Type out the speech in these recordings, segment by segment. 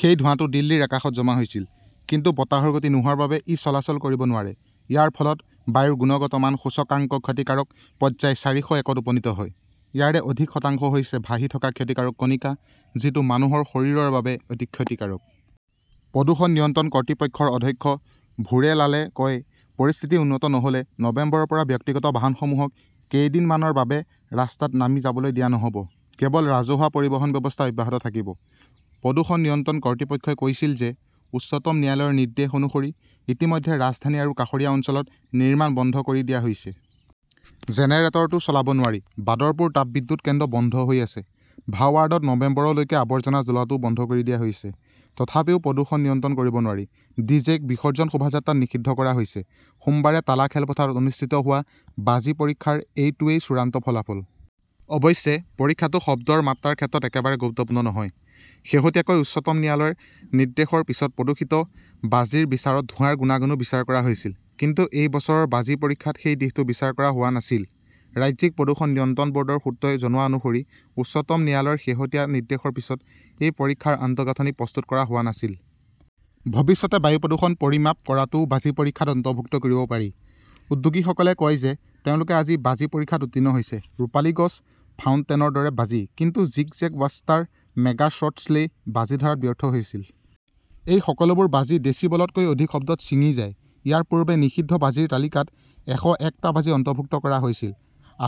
সেই ধোঁৱাটো দিল্লীৰ আকাশত জমা হৈছিল। কিন্তু বতাহৰ গতি নোহোৱাৰ বাবে ই চলাচল কৰিব নোৱাৰে। ইয়াৰ ফলত বায়ুৰ গুণগত মান সূচকাংক ক্ষতিকাৰক পৰ্যায় চাৰিশ একত উপনীত হয়। ইয়াৰে অধিক শতাংশ হৈছে ভাহি থকা ক্ষতিকাৰক কণিকা, যিটো মানুহৰ শৰীৰৰ বাবে অতি ক্ষতিকাৰক। প্ৰদূষণ নিয়ন্ত্ৰণ কৰ্তৃপক্ষৰ অধ্যক্ষ ভুৰেলালে কয়, "পৰিস্থিতি উন্নত নহ" লে নৱেম্বৰৰ পৰা ব্যক্তিগত বাহনসমূহক কেইদিনমানৰ বাবে ৰাস্তাত নামি যাবলৈ দিয়া নহব। কেৱল ৰাজহুৱা পৰিবহণ ব্যৱস্থা অব্যাহত থাকিব"। প্ৰদূষণ নিয়ন্ত্ৰণ কৰ্তৃপক্ষই কৈছিল যে, উচ্চতম ন্যায়ালয়ৰ নিৰ্দেশ অনুসৰি ইতিমধ্যে ৰাজধানী আৰু কাষৰীয়া অঞ্চলত নিৰ্মাণ বন্ধ কৰি দিয়া হৈছে। জেনেৰেটৰটো চলাব নোৱাৰি। বাদৰপুৰ তাপবিদ্যুৎ কেন্দ্ৰ বন্ধ হৈ আছে। ভাৱাৰ্ডত নৱেম্বৰলৈকে আৱৰ্জনা জ্বলোৱাটোও বন্ধ কৰি দিয়া হৈছে। তথাপিও প্ৰদূষণ নিয়ন্ত্ৰণ কৰিব নোৱাৰি। ডি. জে. ক বিসৰ্জন শোভাযাত্ৰাত নিষিদ্ধ কৰা হৈছে। সোমবাৰে টালা খেলপথাৰত অনুষ্ঠিত হোৱা বাজি পৰীক্ষাৰ এইটোৱেই চূড়ান্ত ফলাফল । অৱশ্যে, পৰীক্ষাটো শব্দৰ মাত্ৰাৰ ক্ষেত্ৰত একেবাৰে গুৰুত্বপূৰ্ণ নহয়। শেহতীয়াকৈ উচ্চতম ন্যায়ালয়ৰ নিৰ্দেশৰ পিছত প্ৰদূষিত বাজিৰ বিচাৰত ধোঁৱাৰ গুণাগুণো বিচাৰ কৰা হৈছিল। কিন্তু এই বছৰৰ বাজি পৰীক্ষাত সেই দিশটো বিচাৰ কৰা হোৱা নাছিল। ৰাজ্যিক প্ৰদূষণ নিয়ন্ত্ৰণ বৰ্ডৰ সূত্ৰই জনোৱা অনুসৰি, উচ্চতম ন্যায়ালয়ৰ শেহতীয়া নিৰ্দেশৰ পিছত এই পৰীক্ষাৰ আন্তঃগাঁথনি প্ৰস্তুত কৰা হোৱা নাছিল। ভৱিষ্যতে বায়ু প্ৰদূষণ পৰিমাপ কৰাটোও বাজি পৰীক্ষাত অন্তৰ্ভুক্ত কৰিব পাৰি। উদ্যোগীসকলে কয় যে, তেওঁলোকে আজি বাজি পৰীক্ষাত উত্তীৰ্ণ হৈছে 'ৰূপালী গছ ",' ফাউণ্টেন"ৰ দৰে বাজি। কিন্তু zigzag, buster, mega shot শ্বেলে বাজি ধৰাত ব্যৰ্থ হৈছিল। এই সকলোবোৰ বাজি ডেচিবলতকৈ অধিক শব্দত ছিঙি যায়। ইয়াৰ পূৰ্বে নিষিদ্ধ বাজিৰ তালিকাত এশএকটা বাজি অন্তৰ্ভুক্ত কৰা হৈছিল।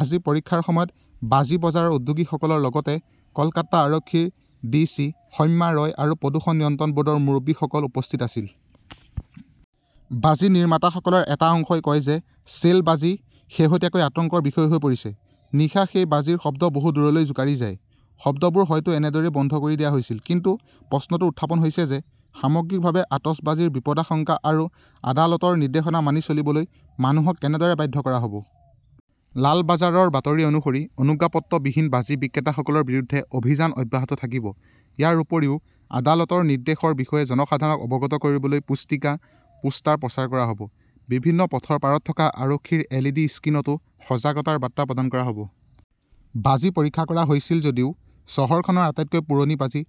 আজি পৰীক্ষাৰ সময়ত বাজি বজাৰৰ উদ্যোগীসকলৰ লগতে কলকাতা আৰক্ষীৰ ডিচি সৌম্যা ৰয় আৰু প্ৰদূষণ নিয়ন্ত্ৰণ বৰ্ডৰ মুৰব্বীসকল উপস্থিত আছিল। বাজি নিৰ্মাতাসকলৰ এটা অংশই কয় যে, "শ্বেল" বাজি শেহতীয়াকৈ আতংকৰ বিষয় হৈ পৰিছে। নিশা সেই বাজিৰ শব্দ বহু দূৰলৈ জোকাৰি যায়। শব্দবোৰ হয়তো এনেদৰেই বন্ধ কৰি দিয়া হৈছিল। কিন্তু প্ৰশ্নটো উত্থাপন হৈছে যে, সামগ্ৰিকভাৱে আতচবাজীৰ বিপদাশংকা আৰু আদালতৰ নিৰ্দেশনা মানি চলিবলৈ মানুহক কেনেদৰে বাধ্য কৰা হব? লালবাজাৰৰ বাতৰি অনুসৰি, অনুজ্ঞাপত্ৰবিহীন বাজি বিক্ৰেতাসকলৰ বিৰুদ্ধে অভিযান অব্যাহত থাকিব। ইয়াৰ উপৰিও, আদালতৰ নিৰ্দেশৰ বিষয়ে জনসাধাৰণক অৱগত কৰিবলৈ পুস্তিকা, পোষ্টাৰ প্ৰচাৰ কৰা হব। বিভিন্ন পথৰ পাৰত থকা আৰক্ষীৰ এল. ই. ডি. স্ক্ৰীণতো সজাগতাৰ বাৰ্তা প্ৰদান কৰা হব। বাজি পৰীক্ষা কৰা হৈছিল যদিও, চহৰখনৰ আটাইতকৈ পুৰণি বাজি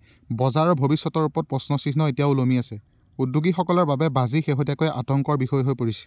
বজাৰৰ ভৱিষ্যতৰ ওপৰত প্ৰশ্নচিহ্ন এতিয়াও ওলমি আছে। উদ্যোগীসকলৰ বাবে বাজি শেহতীয়াকৈ আতংকৰ বিষয় হৈ পৰিছে।